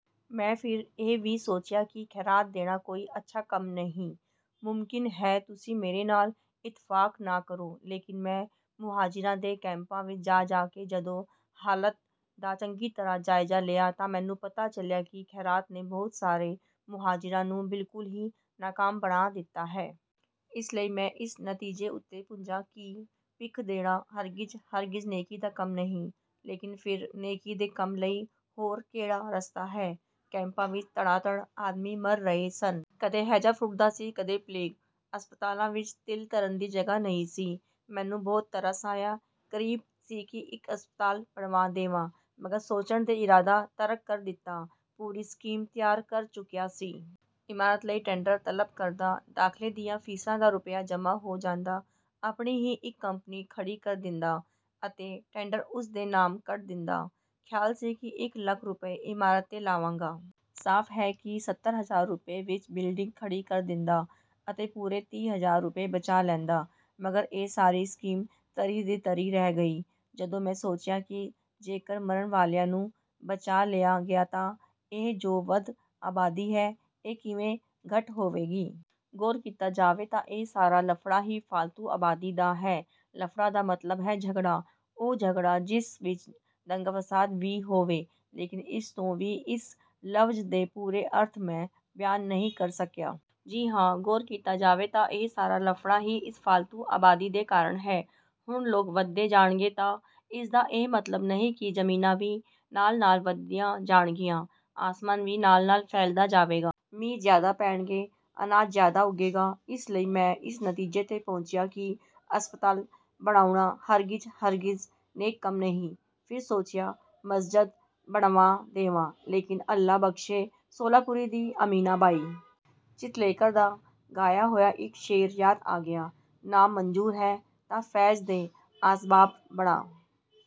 ਮੈਂ ਫਿਰ ਇਹ ਵੀ ਸੋਚਿਆ ਕਿ ਖ਼ੈਰਾਤ ਦੇਣਾ ਕੋਈ ਅੱਛਾ ਕੰਮ ਨਹੀਂ। ਮੁਮਕਿਨ ਹੈ ਤੁਸੀਂ ਮੇਰੇ ਨਾਲ ਇੱਤਫਾਕ ਨਾ ਕਰੋ। ਲੇਕਿਨ ਮੈਂ ਮੁਹਾਜਿਰਾਂ ਦੇ ਕੈਂਪਾਂ ਵਿੱਚ ਜਾ ਜਾ ਕੇ ਜਦੋਂ ਹਾਲਾਤ ਦਾ ਚੰਗੀ ਤਰ੍ਹਾਂ ਜਾਇਜ਼ਾ ਲਿਆ ਤਾਂ ਮੈਨੂੰ ਪਤਾ ਚੱਲਿਆ ਕਿ ਖ਼ੈਰਾਤ ਨੇ ਬਹੁਤ ਸਾਰੇ ਮੁਹਾਜਿਰਾਂ ਨੂੰ ਬਿਲਕੁਲ ਹੀ ਨਾਕਾਮ ਬਣਾ ਦਿੱਤਾ ਹੈ। ਇਸ ਲਈ ਮੈਂ ਇਸ ਨਤੀਜੇ ਉੱਤੇ ਪੁੱਜਾ ਕਿ ਭਿੱਖ ਦੇਣਾ ਹਰਗਿਜ਼ ਹਰਗਿਜ਼ ਨੇਕੀ ਦਾ ਕੰਮ ਨਹੀਂ। ਲੇਕਿਨ ਫਿਰ ਨੇਕੀ ਦੇ ਕੰਮ ਲਈ ਹੋਰ ਕਿਹੜਾ ਰਸਤਾ ਹੈ? ਕੈਂਪਾਂ ਵਿੱਚ ਧੜਾ-ਧੜ ਆਦਮੀ ਮਰ ਰਹੇ ਸਨ। ਕਦੇ ਹੈਜ਼ਾ ਫੁੱਟਦਾ ਸੀ, ਕਦੇ ਪਲੇਗ। ਹਸਪਤਾਲਾਂ ਵਿੱਚ ਤਿਲ ਧਰਨ ਦੀ ਜਗ੍ਹਾ ਨਹੀਂ ਸੀ। ਮੈਨੂੰ ਬਹੁਤ ਤਰਸ ਆਇਆ। ਕਰੀਬ ਸੀ ਕਿ ਇੱਕ ਹਸਪਤਾਲ ਬਣਵਾ ਦੇਵਾਂ, ਮਗਰ ਸੋਚਣ ਤੇ ਇਰਾਦਾ ਤਰਕ ਕਰ ਦਿੱਤਾ। ਪੂਰੀ ਸਕੀਮ ਤਿਆਰ ਕਰ ਚੁੱਕਿਆ ਸੀ। ਇਮਾਰਤ ਲਈ ਟੈਂਡਰ ਤਲਬ ਕਰਦਾ। ਦਾਖ਼ਲੇ ਦੀਆਂ ਫ਼ੀਸਾਂ ਦਾ ਰੁਪਿਆ ਜਮਾਂ ਹੋ ਜਾਂਦਾ। ਆਪਣੀ ਹੀ ਇੱਕ ਕੰਪਨੀ ਖੜੀ ਕਰ ਦਿੰਦਾ ਅਤੇ ਟੈਂਡਰ ਉਸ ਦੇ ਨਾਮ ਕੱਢ ਦਿੰਦਾ। ਖ਼ਿਆਲ ਸੀ ਇੱਕ ਲੱਖ ਰੁਪਏ ਇਮਾਰਤ ਤੇ ਲਾਵਾਂਗਾ। ਸਾਫ਼ ਹੈ ਕਿ ਸੱਤਰ ਹਜ਼ਾਰ ਰੁਪਏ ਵਿੱਚ ਬਿਲਡਿੰਗ ਖੜੀ ਕਰ ਦਿੰਦਾ ਅਤੇ ਪੂਰੇ ਤੀਹ ਹਜ਼ਾਰ ਰੁਪਏ ਬਚਾ ਲੈਂਦਾ। ਮਗਰ ਇਹ ਸਾਰੀ ਸਕੀਮ ਧਰੀ ਦੀ ਧਰੀ ਰਹਿ ਗਈ। ਜਦੋਂ ਮੈਂ ਸੋਚਿਆ ਕਿ ਜੇਕਰ ਮਰਨ ਵਾਲਿਆਂ ਨੂੰ ਬਚਾ ਲਿਆ ਗਿਆ ਤਾਂ ਇਹ ਜੋ ਵੱਧ ਆਬਾਦੀ ਹੈ, ਇਹ ਕਿਵੇਂ ਘੱਟ ਹੋਵੇਗੀ? ਗ਼ੌਰ ਕੀਤਾ ਜਾਵੇ ਤਾਂ ਇਹ ਸਾਰਾ ਲਫ਼ੜਾ ਹੀ ਫ਼ਾਲਤੂ ਆਬਾਦੀ ਦਾ ਹੈ। ਲਫ਼ੜਾ ਦਾ ਮਤਲਬ ਹੈ ਝਗੜਾ, ਉਹ ਝਗੜਾ ਜਿਸ ਵਿੱਚ ਦੰਗਾ-ਫ਼ਸਾਦ ਵੀ ਹੋਵੇ। ਲੇਕਿਨ ਇਸ ਤੋਂ ਵੀ ਇਸ ਲਫ਼ਜ਼ ਦੇ ਪੂਰੇ ਅਰਥ ਮੈਂ ਬਿਆਨ ਨਹੀਂ ਕਰ ਸਕਿਆ। ਜੀ ਹਾਂ, ਗ਼ੌਰ ਕੀਤਾ ਜਾਵੇ ਤਾਂ ਇਹ ਸਾਰਾ ਲਫ਼ੜਾ ਹੀ ਇਸ ਫ਼ਾਲਤੂ ਆਬਾਦੀ ਦੇ ਕਾਰਨ ਹੈ। ਹੁਣ ਲੋਕ ਵੱਧਦੇ ਜਾਣਗੇ ਤਾਂ ਇਸ ਦਾ ਇਹ ਮਤਲਬ ਨਹੀਂ ਕਿ ਜ਼ਮੀਨਾਂ ਵੀ ਨਾਲ-ਨਾਲ ਵਧਦੀਆਂ ਜਾਣਗੀਆਂ। ਅਸਮਾਨ ਵੀ ਨਾਲ-ਨਾਲ ਫੈਲਦਾ ਜਾਵੇਗਾ। ਮੀਂਹ ਜ਼ਿਆਦਾ ਪੈਣਗੇ। ਅਨਾਜ ਜ਼ਿਆਦਾ ਉੱਗੇਗਾ। ਇਸ ਲਈ ਮੈਂ ਇਸ ਨਤੀਜੇ ਤੇ ਪਹੁੰਚਿਆ ਕਿ ਹਸਪਤਾਲ ਬਣਾਉਣਾ ਹਰਗਿਜ਼ ਹਰਗਿਜ਼ ਨੇਕ ਕੰਮ ਨਹੀਂ। ਫਿਰ ਸੋਚਿਆ ਮਸਜਦ ਬਣਵਾ ਦੇਵਾਂ। ਲੇਕਿਨ ਅੱਲਾ ਬਖ਼ਸ਼ੇ ਸ਼ੋਲਾਪੁਰੀ ਦੀ ਅਮੀਨਾ ਬਾਈ ਚਿਤਲੇਕਰ ਦਾ ਗਾਇਆ ਹੋਇਆ ਇੱਕ ਸ਼ੇਅਰ ਯਾਦ ਆ ਗਿਆ, "ਨਾਮ ਮਨਜ਼ੂਰ ਹੈ ਤਾਂ ਫ਼ੈਜ਼ ਦੇ ਅਸਬਾਬ ਬਣਾ"